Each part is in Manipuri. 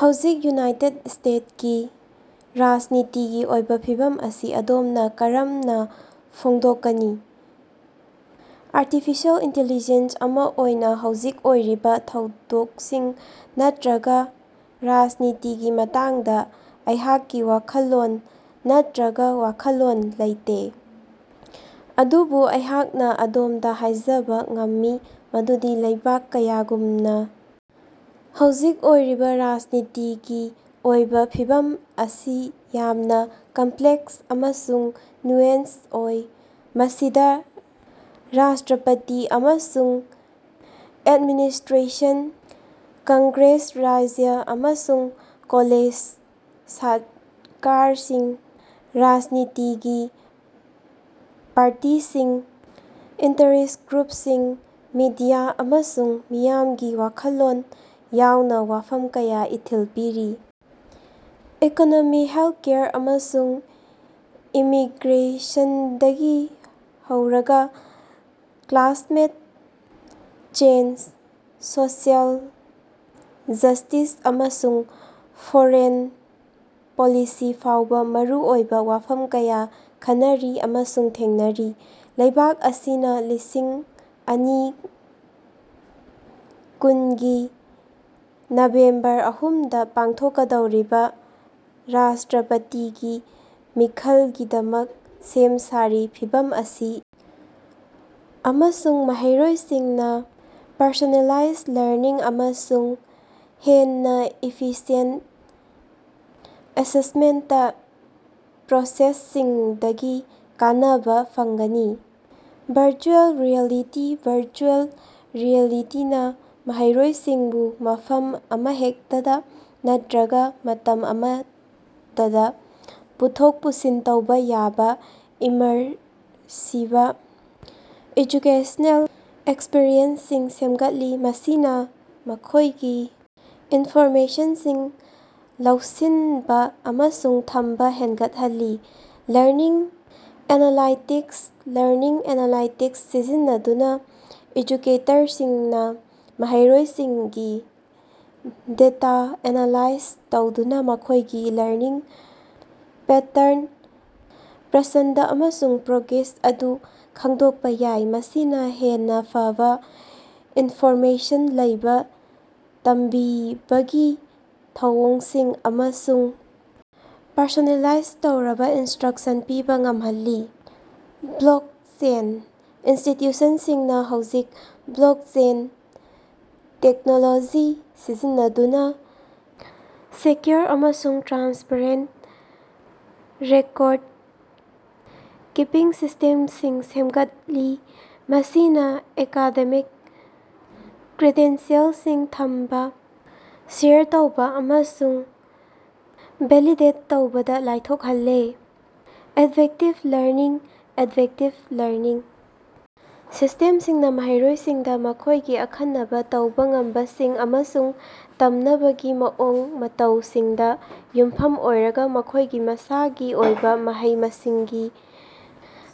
ꯍꯧꯖꯤꯛ ꯌꯨꯅꯥꯏꯇꯦꯗ ꯁ꯭ꯇꯦꯇꯁꯀꯤ ꯔꯥꯖꯅꯤꯇꯤꯒꯤ ꯑꯣꯏꯕ ꯐꯤꯚꯝ ꯑꯁꯤ ꯑꯗꯣꯝꯅ ꯀꯔꯝꯅ ꯐꯣꯡꯗꯣꯛꯀꯅꯤ? ꯑꯥꯔꯇꯤꯐꯤꯁꯤꯑꯦꯜ ꯏꯟꯇꯤꯂꯤꯖꯦꯟꯁ ꯑꯃ ꯑꯣꯏꯅ ꯍꯧꯖꯤꯛ ꯑꯣꯏꯔꯤꯕ ꯊꯧꯗꯣꯛꯁꯤꯡ ꯅꯠꯇꯔꯒ ꯔꯥꯖꯅꯤꯇꯤꯒꯤ ꯃꯇꯥꯡꯗ ꯑꯩꯍꯥꯛꯀꯤ ꯋꯥꯈꯜꯂꯣꯟ ꯅꯠꯇꯔꯒ‌ ꯋꯥꯈꯜꯂꯣꯟ ꯂꯩꯇꯦ꯫ ꯑꯗꯨꯕꯨ ꯑꯩꯍꯥꯛꯅ ꯑꯗꯣꯝꯗ ꯍꯥꯏꯖꯕꯥ ꯉꯝꯃꯤ ꯃꯗꯨꯗꯤ ꯂꯩꯕꯥꯛ ꯀꯌꯥꯒꯨꯝꯅ ꯍꯧꯖꯤꯛ ꯑꯣꯏꯔꯤꯕ ꯔꯥꯖꯅꯤꯇꯤꯒꯤ ꯑꯣꯏꯕ ꯐꯤꯚꯝ ꯑꯁꯤ ꯌꯥꯝꯅ ꯀꯝꯄ꯭ꯂꯦꯛꯁ ꯑꯃꯁꯨꯡ ꯅ꯭ꯌꯨꯑꯦꯟꯁ ꯑꯣꯏ꯫ ꯃꯁꯤꯗ ꯔꯥꯁꯇ꯭ꯔꯄꯥꯇꯤ ꯑꯃꯁꯨꯡ ꯑꯦꯗꯃꯤꯅꯤꯁꯇ꯭ꯔꯦꯁꯟ, ꯀꯪꯒ꯭ꯔꯦꯁ, ꯔꯥꯖ꯭ꯌ ꯑꯃꯁꯨꯡ ꯂꯣꯀꯦꯜ ꯁꯔꯀꯥꯔꯁꯤꯡ, ꯔꯥꯖꯅꯤꯇꯤꯒꯤ ꯄꯥꯔꯇꯤꯁꯤꯡ, ꯏꯟꯇꯔꯦꯁ꯭ꯠ ꯒ꯭ꯔꯨꯞꯁꯤꯡ, ꯃꯤꯗꯤꯌꯥ, ꯑꯃꯁꯨꯡ ꯃꯤꯌꯥꯝꯒꯤ ꯋꯥꯈꯜꯂꯣꯟ ꯌꯥꯎꯅ ꯋꯥꯐꯝ ꯀꯌꯥꯅ ꯏꯊꯤꯜ ꯄꯤꯔꯤ꯫ ꯏꯀꯣꯅꯣꯃꯤ, ꯍꯦꯜꯊꯀꯦꯌꯔ, ꯑꯃꯁꯨꯡ ꯏꯃꯤꯒ꯭ꯔꯦꯁꯟꯗꯒꯤ ꯍꯧꯔꯒꯥ ꯀ꯭ꯂꯥꯏꯃꯦꯠ ꯆꯦꯟꯖ, ꯁꯣꯁꯤꯑꯦꯜ ꯖ꯭ꯁꯇꯤꯁ, ꯑꯃꯁꯨꯡ ꯐꯣꯔꯦꯟ ꯄꯣꯂꯤꯁꯤ ꯐꯥꯎꯕ ꯃꯔꯨꯑꯣꯏꯕ ꯋꯥꯐꯝ ꯀꯌꯥ ꯈꯟꯅꯔꯤ ꯑꯃꯁꯨꯡ ꯊꯦꯡꯅꯔꯤ꯫ ꯂꯩꯕꯥꯛ ꯑꯁꯤꯅ ꯂꯤꯁꯤꯡ ꯑꯅꯤ ꯀꯨꯟꯒꯤ ꯅꯕꯦꯝꯕꯔ ꯑꯍꯨꯝꯗꯥ ꯄꯥꯡꯊꯣꯛꯀꯗꯧꯔꯤꯕ ꯔꯥꯁꯇ꯭ꯔꯄꯥꯇꯤꯒꯤ ꯃꯤꯈꯜꯒꯤꯗꯃꯛ ꯁꯦꯝ ꯁꯥꯔꯤ, ꯐꯤꯚꯝ ꯑꯁꯤ ꯑꯃꯁꯨꯡ ꯃꯍꯩꯔꯣꯏꯁꯤꯡꯅ ꯄꯔꯁꯣꯅꯦꯂꯥꯏꯖ ꯂꯔꯅꯤꯡ ꯑꯃꯁꯨꯡ ꯍꯦꯟꯅ ꯏꯐꯤꯁꯤꯌꯦꯟꯇ ꯑꯦꯁꯦꯁꯃꯦꯟꯇ ꯄ꯭ꯔꯣꯁꯦꯁꯁꯤꯡꯗꯒꯤ ꯀꯥꯟꯅꯕꯥ ꯐꯪꯒꯅꯤ꯫ ꯚꯔꯆꯨꯑꯦꯜ ꯔꯤꯑꯦꯂꯤꯇꯤ - ꯚꯔꯆꯨꯑꯦꯜ ꯔꯤꯑꯦꯂꯤꯇꯤ ꯅꯥ ꯃꯍꯩꯔꯣꯏꯁꯤꯡꯕꯨ ꯃꯐꯝ ꯑꯃꯍꯦꯛꯇꯗꯥ ꯅꯠꯇꯔꯒ ꯃꯇꯝ ꯑꯃꯠꯇꯗꯥ ꯄꯨꯊꯣꯛ ꯄꯨꯁꯤꯟ ꯇꯧꯕ ꯌꯥꯕ ꯏꯃꯔꯁꯤꯕ ꯑꯦꯖꯨꯀꯦꯁꯅꯦꯜ ꯑꯦꯛꯁꯄꯤꯔꯤꯑꯦꯟꯁꯁꯤꯡ ꯁꯦꯝꯒꯠꯂꯤ, ꯃꯁꯤꯅ ꯃꯈꯣꯏꯒꯤ ꯏꯟꯐꯣꯔꯃꯦꯁꯟꯁꯤꯡ ꯂꯧꯁꯤꯟꯕ ꯑꯃꯁꯨꯡ ꯊꯝꯕ ꯍꯦꯟꯒꯠꯍꯜꯂꯤ꯫ ꯂꯔꯅꯤꯡ ꯑꯦꯅꯥꯂꯥꯏꯇꯤꯛꯁ - ꯂꯔꯅꯤꯡ ꯑꯦꯅꯥꯂꯥꯏꯇꯤꯛꯁ ꯁꯤꯖꯤꯟꯅꯗꯨꯅ ꯑꯦꯖꯨꯀꯦꯇꯔꯁꯤꯡꯅ ꯃꯍꯩꯔꯣꯏꯁꯤꯡꯒꯤ ꯗꯦꯇꯥ ꯑꯦꯅꯥꯂꯥꯏꯖ ꯇꯧꯗꯨꯅ ꯃꯈꯣꯏꯒꯤ ꯂꯔꯅꯤꯡ ꯄꯦꯇꯔꯟ, ꯄꯁꯟꯗ ꯑꯃꯁꯨꯡ ꯄ꯭ꯔꯣꯒ꯭ꯔꯦꯁ ꯑꯗꯨ ꯈꯪꯗꯣꯛꯄ ꯌꯥꯏ, ꯃꯁꯤꯅ ꯍꯦꯟꯅ ꯐꯕꯥ ꯏꯟꯐꯣꯔꯃꯦꯁꯟ ꯂꯩꯕ ꯇꯝꯕꯤꯕꯒꯤ ꯊꯧꯑꯣꯡꯁꯤꯡ ꯑꯃꯁꯨꯡ ꯄꯔꯁꯣꯅꯦꯂꯥꯏꯖ ꯇꯧꯔꯕ ꯏꯟꯁꯇ꯭ꯔꯛꯁꯟ ꯄꯤꯕ ꯉꯝꯍꯜꯂꯤ꯫ ꯕ꯭ꯂꯣꯛꯆꯦꯟ - ꯏꯟꯁꯇꯤꯇ꯭ꯌꯨꯁꯟꯁꯤꯡꯅ ꯍꯧꯖꯤꯛ ꯕ꯭ꯂꯣꯛꯆꯦꯟ ꯇꯦꯛꯅꯣꯂꯣꯖꯤ ꯁꯤꯖꯤꯟꯅꯗꯨꯅ ꯁꯦꯀ꯭ꯌꯨꯔ ꯑꯃꯁꯨꯡ ꯇ꯭ꯔꯥꯟꯁꯄꯔꯦꯟꯇ ꯔꯦꯀꯣꯔꯗ-ꯀꯤꯄꯤꯡ ꯁꯤꯁꯇꯦꯝꯁꯤꯡ ꯁꯦꯝꯒꯠꯂꯤ, ꯃꯁꯤꯅ ꯑꯦꯀꯥꯗꯦꯃꯤꯛ ꯀ꯭ꯔꯦꯗꯦꯟꯁꯤꯑꯦꯜꯁꯤꯡ ꯊꯝꯕ, ꯁꯦꯌꯔ ꯇꯧꯕ ꯑꯃꯁꯨꯡ ꯚꯦꯂꯤꯗꯦꯠ ꯇꯧꯕꯗ ꯂꯥꯏꯊꯣꯛꯍꯜꯂꯦ꯫ ꯑꯦꯗꯕꯦꯛꯇꯤꯕ ꯂꯔꯅꯤꯡ - ꯑꯦꯗꯕꯦꯛꯇꯤꯕ ꯂꯔꯅꯤꯡ ꯁꯤꯁꯇꯦꯝꯁꯤꯡꯅ ꯃꯍꯩꯔꯣꯏꯁꯤꯡꯗ ꯃꯈꯣꯏꯒꯤ ꯑꯈꯟꯅꯕꯥ ꯇꯧꯕ ꯉꯝꯕꯁꯤꯡ ꯑꯃꯁꯨꯡ ꯇꯝꯅꯕꯒꯤ ꯃꯑꯣꯡ ꯃꯇꯧꯁꯤꯡꯗ ꯌꯨꯝꯐꯝ ꯑꯣꯏꯔꯒ, ꯃꯈꯣꯏꯒꯤ ꯃꯁꯥꯒꯤ ꯑꯣꯏꯕ ꯃꯍꯩ-ꯃꯁꯤꯡꯒꯤ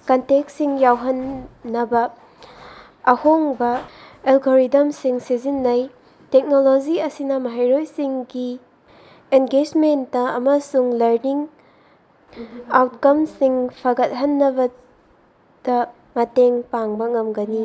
ꯀꯟꯇꯦꯟꯇꯁꯤꯡ ꯌꯧꯍꯟꯅꯕꯥ ꯑꯍꯣꯡꯕ ꯑꯦꯜꯒꯣꯔꯤꯊꯝꯁꯤꯡ ꯁꯤꯖꯤꯟꯅꯩ꯫ ꯇꯦꯛꯅꯣꯂꯣꯖꯤ ꯑꯁꯤꯅ ꯃꯍꯩꯔꯣꯏꯁꯤꯡꯒꯤ ꯑꯦꯡꯒꯦꯖꯃꯦꯟꯇ ꯑꯃꯁꯨꯡ ꯂꯔꯅꯤꯡ ꯑꯥꯎꯠꯀꯝꯁꯤꯡ ꯐꯒꯠꯍꯟꯕꯗ ꯃꯇꯦꯡ ꯄꯥꯡꯕ ꯉꯝꯒꯅꯤ꯫